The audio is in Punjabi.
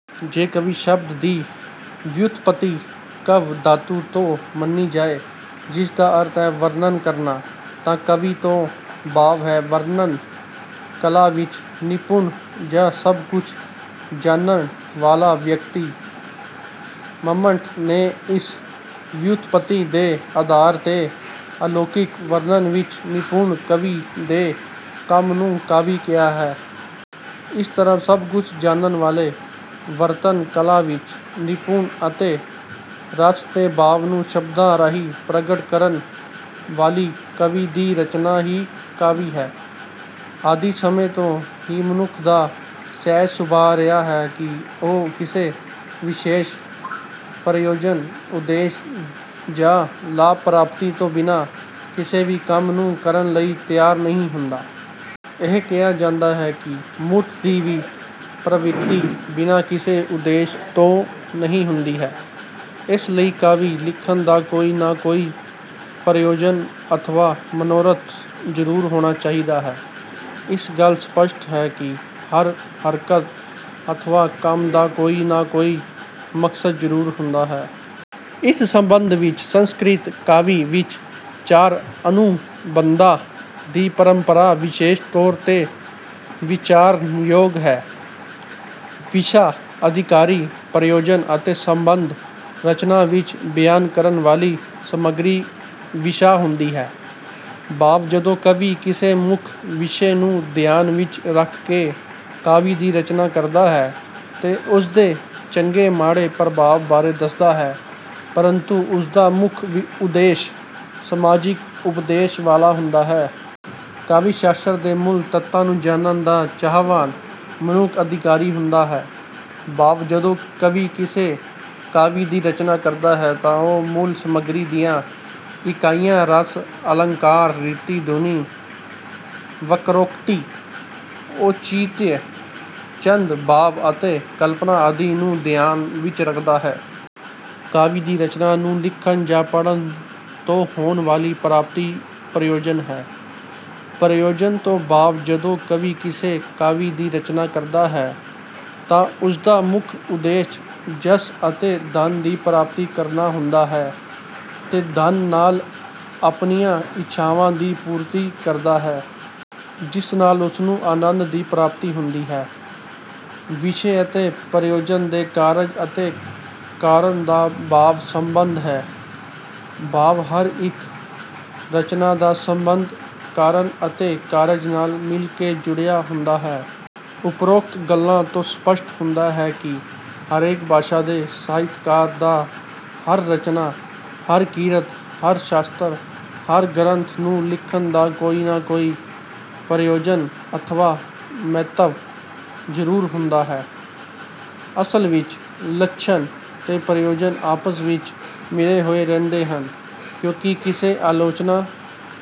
ਜੇ 'ਕਵੀ' ਸ਼ਬਦ ਦੀ ਵਿਉਤਪਤੀ 'ਕਵ੍' ਧਾਤੂ ਤੋਂ ਮੰਨੀ ਜਾਏ, ਜਿਸਦਾ ਅਰਥ ਹੈ ਵਰਣਨ ਕਰਨਾ, ਤਾਂ 'ਕਵੀ' ਤੋਂ ਭਾਵ ਹੈ ਵਰਣਨ ਕਲਾ ਵਿੱਚ ਨਿਪੁਣ ਜਾਂ ਸਭ ਕੁੱਝ ਜਾਣਨ ਵਾਲਾ ਵਿਅਕਤੀ। ਮੰਮਟ ਨੇ ਇਸ ਵਿਉਤਪਤੀ ਦੇ ਆਧਾਰ ਤੇ 'ਅਲੌਕਿਕ' ਵਰਣਨ ਵਿੱਚ ਨਿਪੁਣ ਕਵੀ ਦੇ ਕੰਮ ਨੂੰ 'ਕਾਵਿ' ਕਿਹਾ ਹੈ। ਇਸ ਤਰ੍ਹਾਂ ਸਭ ਕੁੱਝ ਜਾਣਨ ਵਾਲੇ, ਵਰਣਨ ਕਲਾ ਵਿੱਚ ਨਿਪੁਣ ਅਤੇ ਰਸ ਤੇ ਭਾਵ ਨੂੰ ਸ਼ਬਦਾਂ ਰਾਹੀਂ ਪ੍ਰਗਟ ਕਰਨ ਵਾਲੀ ਕਵੀ ਦੀ ਰਚਨਾ ਹੀ 'ਕਾਵਿ' ਹੈ। ਆਦਿ ਸਮੇਂ ਤੋਂ ਹੀ ਮਨੁੱਖ ਦਾ ਸਹਿਜ ਸੁਭਾਅ ਰਿਹਾ ਹੈ ਕਿ ਉਹ ਕਿਸੇ ਵਿਸ਼ੇਸ਼, ਪ੍ਰਯੋਜਨ, ਉਦੇਸ਼ ਜਾਂ ਲਾਭ ਪ੍ਰਾਪਤੀ ਤੋਂ ਬਿਨ੍ਹਾਂ ਕਿਸੇ ਵੀ ਕੰਮ ਨੂੰ ਕਰਨ ਲਈ ਤਿਆਰ ਨਹੀਂ ਹੁੰਦਾ। ਇਹ ਕਿਹਾ ਜਾਂਦਾ ਹੈ ਕਿ "ਮੂਰਖ ਦੀ ਵੀ ਪ੍ਰਵਿਰਤੀ ਬਿਨ੍ਹਾਂ ਕਿਸੇ ਉਦੇਸ਼ ਤੋਂ ਨਹੀਂ ਹੁੰਦੀ ਹੈ"। ਇਸ ਲਈ ਕਾਵਿ ਲਿਖਣ ਦਾ ਕੋਈ ਨਾ ਕੋਈ ਪ੍ਰਯੋਜਨ ਅਥਵਾ ਮਨੋਰਥ ਜ਼ਰੂਰ ਹੋਣਾ ਚਾਹੀਦਾ ਹੈ। ਇਹ ਗੱਲ ਸਪੱਸ਼ਟ ਹੈ ਕਿ ਹਰ ਹਰਕਤ ਅਥਵਾ ਕੰਮ ਦਾ ਕੋਈ ਨਾ ਕੋਈ ਮਕਸਦ ਜ਼ਰੂਰ ਹੁੰਦਾ ਹੈ। ਇਸ ਸੰਬੰਧ ਵਿੱਚ ਸੰਸਕ੍ਰਿਤ ਕਾਵਿ ਵਿੱਚ ਚਾਰ ਅਨੁਬੰਧਾਂ ਦੀ ਪਰੰਪਰਾ ਵਿਸ਼ੇਸ਼ ਤੌਰ ਤੇ ਵਿਚਾਰਨਯੋਗ ਹੈ, ਵਿਸ਼ਾ, ਅਧਿਕਾਰੀ, ਪ੍ਰਯੋਜਨ ਅਤੇ ਸੰਬੰਧ। ਰਚਨਾ ਵਿੱਚ ਬਿਆਨ ਕਰਨ ਵਾਲੀ ਸਮੱਗਰੀ ਵਿਸ਼ਾ ਹੁੰਦੀ ਹੈ। ਭਾਵ ਜਦੋਂ ਕਵੀ ਕਿਸੇ ਮੁੱਖ ਵਿਸ਼ੇ ਨੂੰ ਧਿਆਨ ਵਿੱਚ ਰੱਖ ਕੇ ਕਾਵਿ ਦੀ ਰਚਨਾ ਕਰਦਾ ਹੈ, ਤੇ ਉਸਦੇ ਚੰਗੇ ਮਾੜੇ ਪ੍ਰਭਾਵ ਬਾਰੇ ਦੱਸਦਾ ਹੈ, ਪਰੰਤੂ ਉਸਦਾ ਮੁੱਖ ਉਦੇਸ਼ ਸਮਾਜਿਕ ਉਪਦੇਸ਼ ਵਾਲਾ ਹੁੰਦਾ ਹੈ। ਕਾਵਿ ਸ਼ਾਸਤਰ ਦੇ ਮੂਲ ਤੱਤਾਂ ਨੂੰ ਜਾਣਨ ਦਾ ਚਾਹਵਾਨ ਮਨੁੱਖ 'ਅਧਿਕਾਰੀ' ਹੁੰਦਾ ਹੈ। ਭਾਵ ਜਦੋਂ ਕਵੀ ਕਿਸੇ ਕਾਵਿ ਦੀ ਰਚਨਾ ਕਰਦਾ ਹੈ, ਤਾਂ ਉਹ ਮੂਲ ਸਮੱਗਰੀ ਦੀਆਂ ਇਕਾਈਆਂ, ਰਸ, ਅਲੰਕਾਰ, ਰੀਤੀ, ਧੁਨੀ, ਵਕ੍ਰੋਕਤੀ, ਔਚਿਤਯ, ਛੰਦ, ਭਾਵ ਅਤੇ ਕਲਪਨਾ ਆਦਿ ਨੂੰ ਧਿਆਨ ਵਿੱਚ ਰੱਖਦਾ ਹੈ। ਕਾਵਿ ਜਾਂ ਰਚਨਾ ਨੂੰ ਲਿਖਣ ਜਾਂ ਪੜ੍ਹਨ ਤੋਂ ਹੋਣ ਵਾਲੀ ਪ੍ਰਾਪਤੀ ਪ੍ਰਯੋਜਨ ਹੈ। ਪ੍ਰਯੋਜਨ ਤੋਂ ਭਾਵ ਜਦੋਂ ਕਵੀ ਕਿਸੇ ਕਾਵਿ ਦੀ ਰਚਨਾ ਕਰਦਾ ਹੈ, ਤਾਂ ਉਸਦਾ ਮੁੱਖ ਉਦੇਸ਼ ਜਸ ਅਤੇ ਧਨ ਦੀ ਪ੍ਰਾਪਤੀ ਕਰਨਾ ਹੁੰਦਾ ਹੈ, ਤੇ ਧਨ ਨਾਲ ਆਪਣੀਆਂ ਇੱਛਾਵਾਂ ਦੀ ਪੂਰਤੀ ਕਰਦਾ ਹੈ। ਜਿਸ ਨਾਲ ਉਸਨੂੰ ਆਨੰਦ ਦੀ ਪ੍ਰਾਪਤੀ ਹੁੰਦੀ ਹੈ। ਵਿਸ਼ੇ ਅਤੇ ਪ੍ਰਯੋਜਨ ਦੇ ਕਾਰਜ ਅਤੇ ਕਾਰਨ ਦਾ ਭਾਵ ਸੰਬੰਧ ਹੈ। ਭਾਵ ਹਰ ਇੱਕ ਰਚਨਾ ਦਾ ਸੰਬੰਧ ਕਾਰਨ ਅਤੇ ਕਾਰਜ ਨਾਲ ਮਿਲ ਕੇ ਜੁੜਿਆ ਹੁੰਦਾ ਹੈ। ਉਪਰੋਕਤ ਗੱਲਾਂ ਤੋਂ ਸਪੱਸ਼ਟ ਹੁੰਦਾ ਹੈ ਕਿ ਹਰੇਕ ਭਾਸ਼ਾ ਦੇ ਸਾਹਿਤਕਾਰ ਦਾ ਹਰ ਰਚਨਾ, ਹਰ ਕਿਰਤ, ਹਰ ਸ਼ਾਸਤਰ, ਹਰ ਗ੍ਰੰਥ ਨੂੰ ਲਿਖਣ ਦਾ ਕੋਈ ਨਾ ਕੋਈ ਪ੍ਰਯੋਜਨ ਅਥਵਾ ਮੰਤਵ ਜ਼ਰੂਰ ਹੁੰਦਾ ਹੈ। ਅਸਲ ਵਿੱਚ ਲੱਛਣ ਤੇ ਪ੍ਰਯੋਜਨ ਆਪਸ ਵਿੱਚ ਮਿਲੇ ਹੋਏ ਰਹਿੰਦੇ ਹਨ। ਕਿਉਂਕਿ ਕਿਸੇ ਆਲੋਚਨਾ